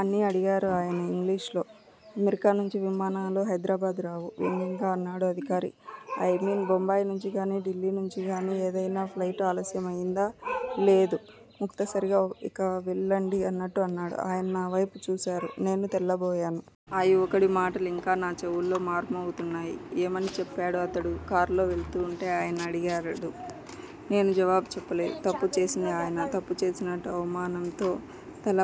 అని అడిగారు ఆయన ఇంగ్లీషులో. అమెరికా నుంచి విమానాలు హైద్రాబాద్ రావు వ్యంగ్యంగా అన్నాడా అధికారి. ఐ మీన్- బొంబాయి నుంచిగానీ, ఢిల్లీ నుంచి గానీ ఏదైనా ఫ్లయిటు ఆలస్యమయిందా? లేదు. ముక్తసరిగా, ఇక వెళ్ళండి- అన్నట్టు అన్నాడు. ఆయన నావైపు చూశారు. నేను తెల్లబోయాను. ఆ యువకుడి మాటలు ఇంకా నా చెవుల్లో మార్మోగుతున్నాయి. ఏమని చెప్పాడు అతడు? కార్లో వెళ్తూవుంటే ఆయన అడిగారు. నేను జవాబు చెప్పలేదు- తప్పు చేసింది ఆయన. తప్పు చేసినట్టు అవమానంతో తల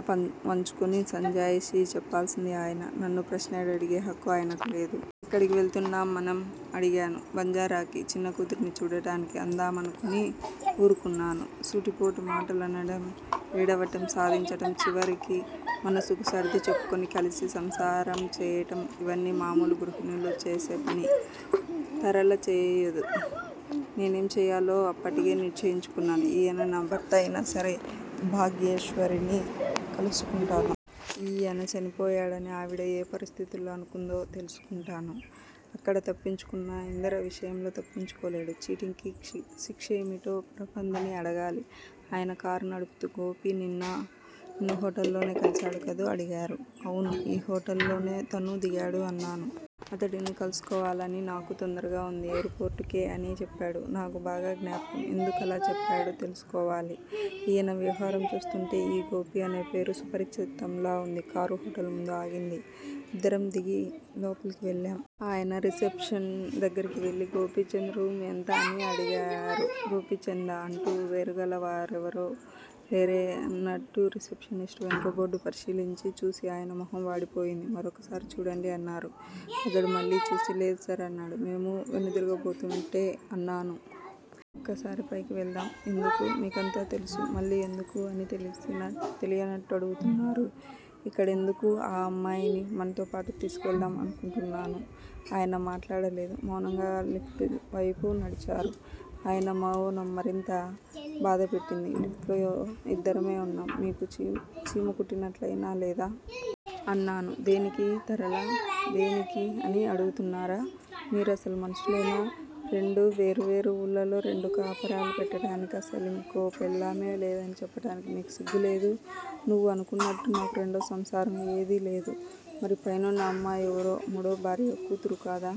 వంచుకొని సంజాయిషీ చెప్పాల్సింది ఆయన! నన్ను ప్రశ్నలడిగే హక్కు ఆయనకు లేదు. ఎక్కడికి వెళుతున్నాం మనం? అడిగాను. బంజారాకి- చిన్నకూతుర్ని చూడటానికా అందామనుకుని వూరుకున్నాను. సూటిపోటి మాటలనడం, ఏడవటం, సాధించటం చివరికి మనసుకు సర్దిచెప్పుకుని కలసి సంసారం చేయటం, ఇవన్నీ మామూలు గృహిణులు చేసేపని. తరళ చేయదు. నేనేం చెయ్యాలో అప్పటికే నిశ్చయించుకున్నాను. ఈయన నా భర్త అయినాసరే, భాగ్యేశ్వరిని కలుసుకుంటాను. ఈయన చనిపోయాడని ఆవిడ ఏ పరిస్థితుల్లో అనుకుందో తెలుసుకుంటాను. అక్కడ తప్పించుకున్నా- ఇందిర విషయంలో తప్పించుకోలేడు. చీటింగ్ కి శిక్షేమిటో ప్రబంధ్ ని అగడాలి. ఆయన కారు నడుపుతూ- గోపీ నిన్ను హోటల్ లోనే కలిశాడు కదూ- అడిగారు. అవును ఈ హోటల్ లోనే తనూ దిగాడు అన్నాను. అతడిని కలుసుకోవాలని నాకూ తొందరగా వుంది. ఎయిర్ పోర్ట్ కే అని చెప్పాడు. నాకు బాగా జ్ఞాపకం. ఎందుకలా చెప్పాడో తెలుసుకోవాలి. ఈయన వ్యవహారం చూస్తూంటే ఈ గోపి అనే పేరు సుపరిచితంలా వుంది. కారు హోటల్ ముందు ఆగింది. ఇద్దరం దిగి లోపలికి వెళ్ళాం. ఆయన రిసెప్షన్ దగ్గిరకి వెళ్ళి గోపిచంద్ రూమ్ ఎంత? అని అడిగారు. గోపీచందా? అటువంటి పేరుగల వారెవరూ లేరే అన్నాడు రిసెప్షనిస్టు, వెనుక బోర్డు పరిశీలించి చూసి ఆయన మొహం వాడిపోయింది. మరొకసారి చూడండి అన్నారు. అతడు మళ్ళీ చూసి, లేదు సర్ అన్నాడు. మేము వెనుదిరగబోతుంటే అన్నాను. ఒక్కసారి పైకి వెళ్దాం ఎందుకు? మీకంతా తెలుసు మళ్ళీ 'ఎందుకు' అని తెలియనట్టు అడుగుతున్నారు! ఇక్కడెందుకు ఆ అమ్మాయిని? మనతోపాటు తీసుకువెళ్దాం అనుకుంటున్నాను. ఆయన మాట్లాడలేదు. మౌనంగా లిఫ్ట్ వైపు నడిచారు. ఆయన మౌనం మరింత బాధపెట్టింది. లిఫ్ట్ లో ఇద్దరమే వున్నాం. మీకు చీమకుట్టినట్టయినా లేదా? అన్నాను. దేనికి తరళా? దేనికి అని అడుగుతున్నారా? మీరసలు మనుషులేనా? రెండు వేరు వేరు వూళ్ళలో రెండు కాపరాలు పెట్టటానికి, అసలింకో పెళ్ళామే లేదని చెప్పటానికి మీకు సిగ్గులేదూ- నువ్వు అనుకున్నట్టు నాకు రెండో సంసారం ఏదీ లేదు. మరి పైనున్న అమ్మాయెవరో? మూడో భార్య కూతురుకాదా?